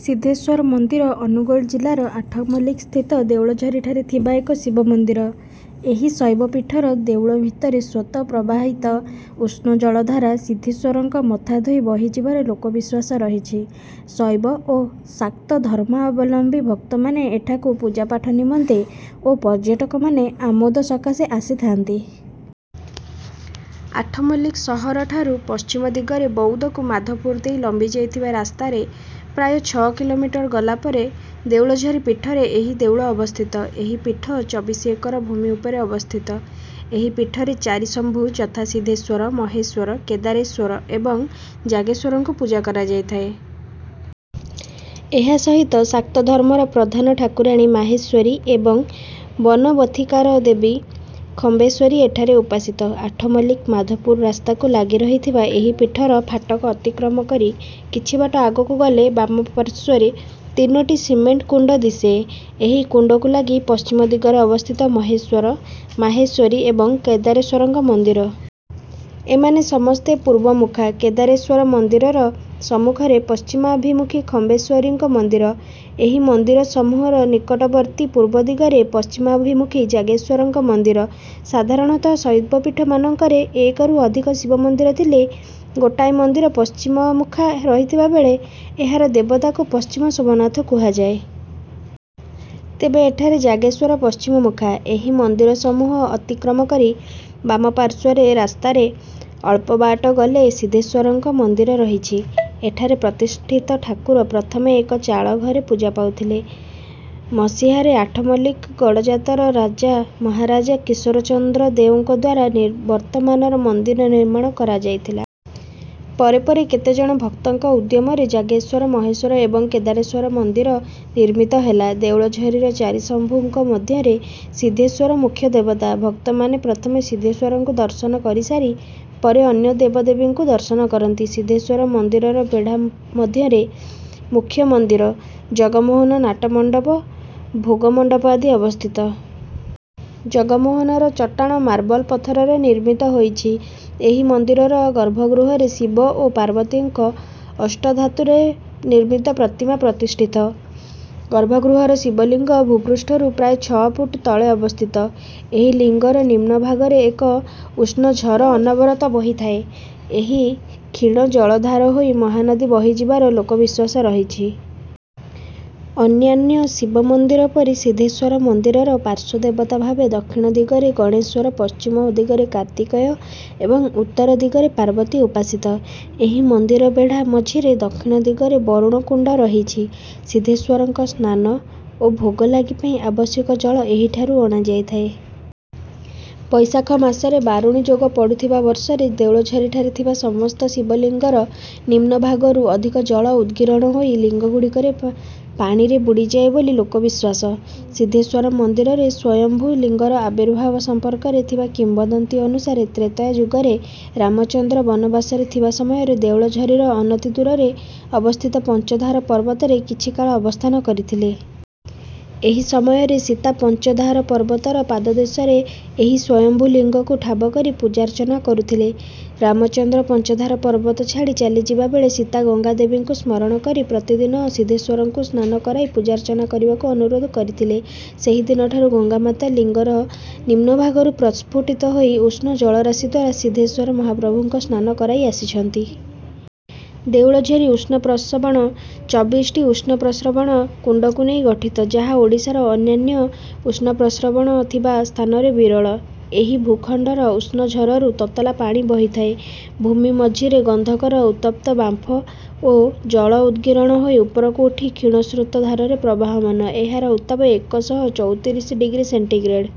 ସିଦ୍ଧେଶ୍ୱର ମନ୍ଦିର ଅନୁଗୋଳ ଜିଲ୍ଲାର ଆଠମଲ୍ଲିକସ୍ଥିତ ଦେଉଳଝରିଠାରେ ଥିବା ଏକ ଶିବ ମନ୍ଦିର। ଏହି ଶୈବପୀଠର ଦେଉଳ ଭିତରେ ସ୍ୱତଃ ପ୍ରବାହିତ ଉଷ୍ଣ ଜଳଧାରା ସିଦ୍ଧେଶ୍ୱରଙ୍କ ମଥା ଧୋଇ ବହିଯିବାର ଲୋକ ବିଶ୍ୱାସ ରହିଛି। ଶୈବ ଓ ଶାକ୍ତ ଧର୍ମାବଲମ୍ବୀ ଭକ୍ତମାନେ ଏଠାକୁ ପୂଜାପାଠ ନିମନ୍ତେ ଓ ପର୍ଯ୍ୟଟକମାନେ ଆମୋଦ ସକାଶେ ଆସିଥାନ୍ତି। ଆଠମଲ୍ଲିକ ସହରଠାରୁ ପଶ୍ଚିମ ଦିଗରେ ବଉଦକୁ ମାଧପୁର ଦେଇ ଲମ୍ବି ଯାଇଥିବା ରାସ୍ତାରେ ପ୍ରାୟ ଛଅ କି. ମି. ଗଲା ପରେ ଦେଉଳଝରି ପୀଠରେ ଏହି ଦେଉଳ ଅବସ୍ଥିତ। ଏହି ପୀଠ ଚବିଶ ଏକର ଭୂମି ଉପରେ ଅବସ୍ଥିତ।। ଏହି ପୀଠରେ ଚାରିଶମ୍ଭୁ ଯଥା ସିଦ୍ଧେଶ୍ୱର ମହେଶ୍ୱର କେଦାରେଶ୍ୱର ଏବଂ ଜାଗେଶ୍ୱରଙ୍କୁ ପୂଜା କରାଯାଇଥାଏ। ଏହା ସହିତ ଶାକ୍ତ ଧର୍ମର ପ୍ରଧାନ ଠାକୁରାଣୀ ମାହେଶ୍ୱରୀ ଏବଂ ବନବୀଥିକାର ଦେବୀ ଖମ୍ବେଶ୍ୱରୀ ଏଠାରେ ଉପାସିତ। ଆଠମଲ୍ଲିକ ମାଧପୁର ରାସ୍ତାକୁ ଲାଗି ରହିଥିବା ଏହି ପୀଠର ଫାଟକ ଅତିକ୍ରମ କରି କିଛିବାଟ ଆଗକୁ ଗଲେ ବାମପାଶ୍ୱର୍ରେ ତିନୋଟି ସିମେଣ୍ଟ କୁଣ୍ଡ ଦିଶେ। ଏହି କୁଣ୍ଡକୁ ଲାଗି ପଶ୍ଚିମ ଦିଗରେ ଅବସ୍ଥିତ ମହେଶ୍ୱର ମାହେଶ୍ୱରୀ ଏବଂ କେଦାରେଶ୍ୱରଙ୍କ ମନ୍ଦିର। ଏମାନେ ସମସ୍ତେ ପୂର୍ବମୁଖା। କେଦାରେଶ୍ୱର ମନ୍ଦିରର ସମ୍ମୁଖରେ ପଶ୍ଚିମାଭିମୁଖୀ ଖମ୍ବେଶ୍ୱରୀଙ୍କ ମନ୍ଦିର। ଏହି ମନ୍ଦିର ସମୂହର ନିକଟବର୍ତ୍ତୀ ପୂର୍ବଦିଗରେ ପଶ୍ଚିମାଭିମୁଖୀ ଯାଗେଶ୍ୱରଙ୍କ ମନ୍ଦିର। ସାଧାରଣତଃ ଶୈବପୀଠମାନଙ୍କରେ ଏକରୁ ଅଧିକ ଶିବ ମନ୍ଦିର ଥିଲେ ଗୋଟିଏ ମନ୍ଦିର ପଶ୍ଚିମମୁଖା ରହିଥିବା ବେଳେ ଏହାର ଦେବତାକୁ ପଶ୍ଚିମ ସୋମନାଥ କୁହାଯାଏ। ତେବେ ଏଠାରେ ଯାଗେଶ୍ୱର ପଶ୍ଚିମମୁଖା। ଏହି ମନ୍ଦିର ସମୂହ ଅତିକ୍ରମ କରି ବାମ ପାଶ୍ୱର୍ରେ ରାସ୍ତାରେ ଅଳ୍ପବାଟ ଗଲେ ସିଦ୍ଧେଶ୍ୱରଙ୍କ ମନ୍ଦିର ରହିଛି। ଏଠାରେ ପ୍ରତିଷ୍ଠିତ ଠାକୁର ପ୍ରଥମେ ଏକ ଚାଳଘରେ ପୂଜା ପାଉଥିଲେ। ମସିହାରେ ଆଠମଲ୍ଲିକ ଗଡ଼ଜାତର ରାଜା ମହାରାଜା କିଶୋର ଚନ୍ଦ୍ର ଦେଓଙ୍କଦ୍ୱାରା ବର୍ତ୍ତମାନର ମନ୍ଦିର ନିର୍ମାଣ କରାଯାଇଥିଲା। ପରେ ପରେ କେତେଜଣ ଭକ୍ତଙ୍କ ଉଦ୍ୟମରେ ଯାଗେଶ୍ୱର ମହେଶ୍ୱର ଏବଂ କେଦାରେଶ୍ୱର ମନ୍ଦିର ନିର୍ମିତ ହେଲା। ଦେଉଳଝରିର ଚାରିଶମ୍ଭୁଙ୍କ ମଧ୍ୟରେ ସିଦ୍ଧେଶ୍ୱର ମୁଖ୍ୟ ଦେବତା। ଭକ୍ତମାନେ ପ୍ରଥମେ ସିଦ୍ଧେଶ୍ୱରଙ୍କୁ ଦର୍ଶନ କରିସାରି ପରେ ଅନ୍ୟ ଦେବଦେବୀଙ୍କୁ ଦର୍ଶନ କରନ୍ତି। ସିଦ୍ଧେଶ୍ୱର ମନ୍ଦିରର ବେଢ଼ା ମଧ୍ୟରେ ମୁଖ୍ୟ ମନ୍ଦିର ଜଗମୋହନ ନାଟ ମଣ୍ଡପ ଭୋଗ ମଣ୍ଡପ ଆଦି ଅବସ୍ଥିତ। ଜଗମୋହନର ଚଟାଣ ମାର୍ବଲ ପଥରରେ ନିର୍ମିତ ହୋଇଛି। ଏହି ମନ୍ଦିରର ଗର୍ଭଗୃହରେ ଶିବ ଓ ପାର୍ବତୀଙ୍କ ଅଷ୍ଟଧାତୁରେ ନିର୍ମିତ ପ୍ରତିମା ପ୍ରତିଷ୍ଠିତ। ଗର୍ଭଗୃହର ଶିବଲିଙ୍ଗ ଭୂପୃଷ୍ଠରୁ ପ୍ରାୟ ଛଅ ଫୁଟ ତଳେ ଅବସ୍ଥିତ ଏହି ଲିଙ୍ଗର ନିମ୍ନଭାଗରେ ଏକ ଉଷ୍ଣଝର ଅନବରତ ବୋହିଥାଏ। ଏହି କ୍ଷୀଣ ଜଳଧାର ହୋଇ ମହାନଦୀ ବହିଯିବାର ଲୋକବିଶ୍ୱାସ ରହିଛି। ଅନ୍ୟାନ୍ୟ ଶିବ ମନ୍ଦିର ପରି ସିଦ୍ଧେଶ୍ୱର ମନ୍ଦିରର ପାଶ୍ୱଦେବତା ଭାବେ ଦକ୍ଷିଣ ଦିଗରେ ଗଣେଶ୍ୱର ପଶ୍ଚିମ ଦିଗରେ କାର୍ତ୍ତିକେୟ ଏବଂ ଉତ୍ତର ଦିଗରେ ପାର୍ବତୀ ଉପାସିତ। ଏହି ମନ୍ଦିର ବେଢ଼ା ମଝିରେ ଦକ୍ଷିଣ ଦିଗରେ ବରୁଣ କୁଣ୍ଡ ରହିଛି। ସିଦ୍ଧେଶ୍ୱରଙ୍କ ସ୍ନାନ ଓ ଭୋଗଲାଗି ପାଇଁ ଆବଶ୍ୟକ ଜଳ ଏହିଠାରୁ ଅଣାଯାଇଥାଏ। ବୈଶାଖ ମାସରେ ବାରୁଣୀ ଯୋଗ ପଡୁଥିବା ବର୍ଷରେ ଦେଉଳଝରିଠାରେ ଥିବା ସମସ୍ତ ଶିବଲିଙ୍ଗର ନିମ୍ନ ଭାଗରୁ ଅଧିକ ଜଳ ଉଦ୍ଗୀରଣ ହୋଇ ଲିଙ୍ଗଗୁଡିକ ପାଣିରେ ବୁଡିଯାଏ ବୋଲି ଲୋକ ବିଶ୍ୱାସ। ସିଦ୍ଧେଶ୍ୱର ମନ୍ଦିରରେ ସ୍ୱୟଂମ୍ଭୁ ଲିଙ୍ଗର ଆବିର୍ଭାବ ସମ୍ପର୍କରେ ଥିବା କିମ୍ବଦନ୍ତୀ ଅନୁସାରେ ତ୍ରେତୟା ଯୁଗରେ ରାମଚନ୍ଦ୍ର ବନବାସରେ ଥିବା ସମୟରେ ଦେଉଳଝରିର ଅନତିଦୂରରେ ଅବସ୍ଥିତ ପଞ୍ଚଧାର ପର୍ବତରେ କିଛି କାଳ ଅବସ୍ଥାନ କରିଥିଲେ। ଏହି ସମୟରେ ସୀତା ପଞ୍ଚଧାର ପର୍ବତର ପାଦଦେଶରେ ଏହି ସ୍ୱୟଂମ୍ଭୁ ଲିଙ୍ଗକୁ ଠାବ କରି ପୂଜାର୍ଚ୍ଚନା କରୁଥିଲେ। ରାମଚନ୍ଦ୍ର ପଞ୍ଚଧାର ପର୍ବତ ଛାଡ଼ି ଚାଲିଯିବା ବେଳେ ସୀତା ଗଙ୍ଗାଦେବୀଙ୍କୁ ସ୍ମରଣ କରି ପ୍ରତିଦିନ ସିଦ୍ଧେଶ୍ୱରଙ୍କୁ ସ୍ନାନ କରାଇ ପୂଜାର୍ଚ୍ଚନା କରିବାକୁ ଅନୁରୋଧ କରିଥିଲେ। ସେହିଦିନଠାରୁ ଗଙ୍ଗାମାତା ଲିଙ୍ଗର ନିମ୍ନଭାଗରୁ ପ୍ରସ୍ପୁଟିତ ହୋଇ ଉଷ୍ଣ ଜଳରାଶିଦ୍ୱାରା ସିଦ୍ଧେଶ୍ୱର ମହାପ୍ରଭୁଙ୍କ ସ୍ନାନ କରାଇ ଆସିଛନ୍ତି। ଦେଉଳଝରି ଉଷ୍ଣପ୍ରସ୍ରବଣ ଚବିଶିଟି ଉଷ୍ଣ ପ୍ରସ୍ରବଣ କୁଣ୍ଡଙ୍କୁ ନେଇ ଗଠିତ ଯାହା ଓଡ଼ିଶାର ଅନ୍ୟାନ୍ୟ ଉଷ୍ଣପ୍ରସ୍ରବଣ ଥିବା ସ୍ଥାନରେ ବିରଳ। ଏହି ଭୂଖଣ୍ଡର ଉଷ୍ଣଝରରୁ ତତଲା ପାଣି ବହିଥାଏ। ଭୂମି ମଝିରେ ଗନ୍ଧକର ଉତ୍ତପ୍ତ ବାମ୍ଫ ଓ ଜଳ ଉଦ୍ଗୀରଣ ହୋଇ ଉପରକୁ ଉଠି କ୍ଷୀଣ ସ୍ରୋତ ଧାରରେ ପ୍ରବାହମାନ। ଏହାର ଉତ୍ତାପ ଏକଶହ ଚଉତିରିଶ ଡିଗ୍ରୀ ସେଣ୍ଟିଗ୍ରେଡ୍।